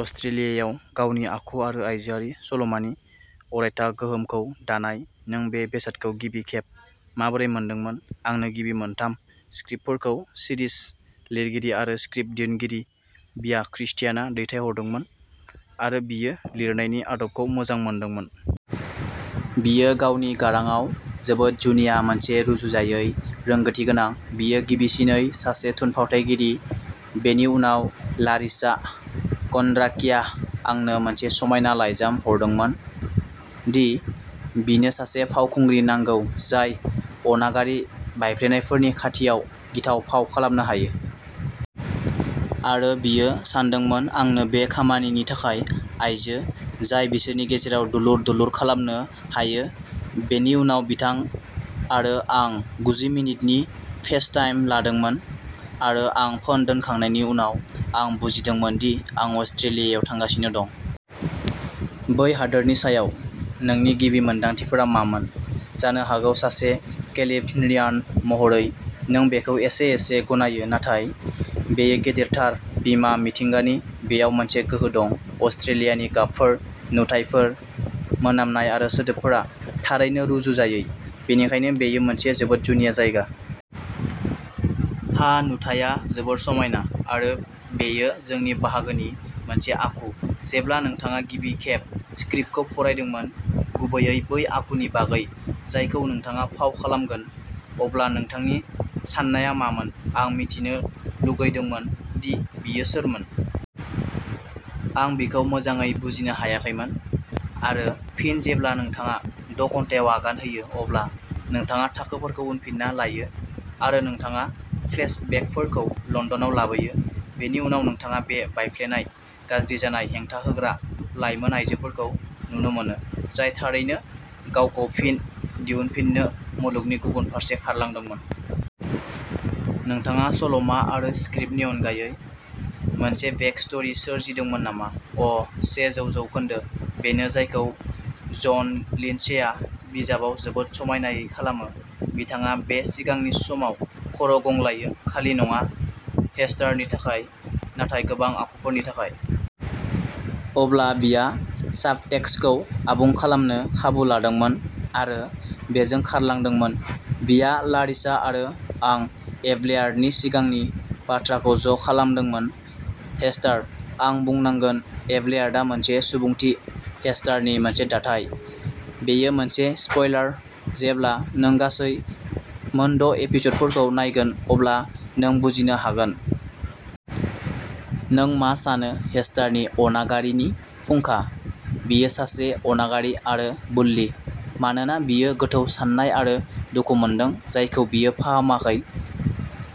अस्ट्रेलियायाव, गावनि आखु आरो आइजोआरि सल'मानि अरायथा गोहोमखौ दानाय। नों बे बेसादखौ गिबि खेब माबोरै मोनदोंमोन। आंनो गिबि मोनथाम स्क्रिप्टफोरखौ सिरिज लिरगिरि आरो स्क्रिप्ट दिहुनगिरि बीया क्रिस्टियानआ दैथायहरदोंमोन आरो बियो लिरनायनि आदबखौ मोजां मोनदोंमोन। बियो गावनि गारांआव जोबोद जुनिया मोनसे रुजुजायै रोंग'थि गोनां। बियो गिबिसिनै सासे थुनफावथाइगिरि बेनि उनाव लारिसा क'न्ड्राकीआ आंनो मोनसे समायना लाइजाम लिरदोंमोन दि बिनो सासे फावखुंग्रि नांगौ जाय अनागारि, बायफ्लेनायफोरनि खाथियाव गिथाव फाव खालामनो हायो। आरो बियो सानदोंमोन आंनो बे खामानिनि थाखाय आइजो, जाय बिसोरनि गेजेराव दुलुर दुलुर खालामनो हायो। बेनि उनाव बिथां आरो आं गुजि मिनिटनि फेसटाइम लादोंमोन, आरो आं फोन दोनखांनायनि उनाव आं बुजिदोंमोन दि आं अस्ट्रेलियायाव थांगासिनो दं। बै हादोरनि सायाव नोंनि गिबि मोनदांथिफोरा मामोन, जानो हागौ सासे केलिफ'र्नियान महरै नों बेखौ एसे एसे गनायो, नाथाय बेयो गेदेरथार। बिमा मिथिंगानि। बेयाव मोनसे गोहो दं। अस्ट्रेलियानि गाबफोर, नुथायफोर, मोनामनाय आरो सोदोबफोरा थारैनो रुजुजायै, बेनिखायनो बेयो मोनसे जोबोद जुनिया जायगा। हा नुथाया जोबोद समायना, आरो बेयो जोंनि बाहागोनि मोनसे आखु। जेब्ला नोंथाङा गिबि खेब स्क्रिप्टखौ फरायदोंमोन, गुबैयै बै आखुनि बागै जायखौ नोंथाङा फाव खालामगोन, अब्ला नोंथांनि साननाया मामोन आं मिथिनो लुगैदोंमोन दि बियो सोरमोन। आं बिखौ मोजाङै बुजिनो हायाखैमोन। आरो फिन जेब्ला नोंथाङा द'घन्टायाव आगान होयो, अब्ला नोंथाङा थाखोफोरखौ उनफिनना लायो, आरो नोंथाङा फ्लेशबेकफोरखौ लन्दनाव लाबोयो। बेनि उनाव नोंथाङा बे बायफ्लेनाय, गाज्रि जानाय, हेंथा होग्रा लाइमोन आयजोखौ नुनो मोनो, जाय थारैनो गावखौ फिन दिहुनफिननो मुलुगनि गुबुन फारसे खारलांदोंमोन। नोंथाङा सल'मा आरो स्क्रिप्टनि अनगायै मोनसे बेकस्ट'री सोरजिदोंमोन नामा अ सेजौ जौखोन्दो बेनो जायखौ जन लिन्डसेआ बिजाबाव जोबोद समायनायै खालामो। बिथाङा बे सिगांनि समाव खर'गंग्लायो खालि नङा। हेस्टारनि थाखाय, नाथाय गोबां आखुफोरनि थाखाय। अब्ला बियाआ साबटेक्सखौ आबुं खालामनो खाबु लादोंमोन, आरो बेजों खारलांदोंमोन। बिया, लारिसा आरो आं एपलेयार्डनि सिगांनि बाथ्राखौ ज'खालामदोंमोन। हेस्टार, आं बुंनांगोन। एपलेयार्डआ मोनसे सुबुंथि हेस्टारनि मोनसे दाथाय। बेयो मोनसे स्पइलार। जेब्ला नों गासै मोनद'एपिस'डफोरखौ नायगोन अब्ला नों बुजिनो हागोन। नों मा सानो हेस्टारनि अनागारिनि फुंखा? बियो सासे अनागारि आरो बुल्लि, मानोना बियो गोथौ सानाय आरो दुखु मोनदों जायखौ बियो फाहामाखै।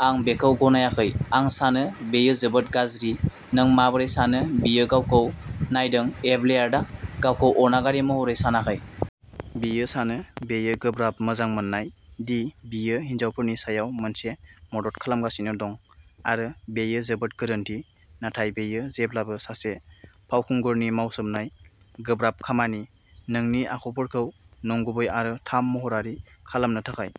आं बेखौ गनायाखै; आं सानो बेयो जोबोद गाज्रि। नों माबोरै सानो बियो गावखौ नायदों एपलेयार्डआ गावखौ अनागारि महरै सानाखै। बियो सानो बेयो गोब्राब मोजां मोननाय, दि बियो हिनजावफोरनि सायाव मोनसे मदद खालामगासिनो दं। आरो बेयो जोबोद गोरोन्थि नाथाय बेयो जेब्लाबो सासे फावखुंगुरनि मावसोमनाय, गोब्राब खामानि, नोंनि आखुफोरखौ नंगुबै आरो थाम महरारि खालामनो थाखाय।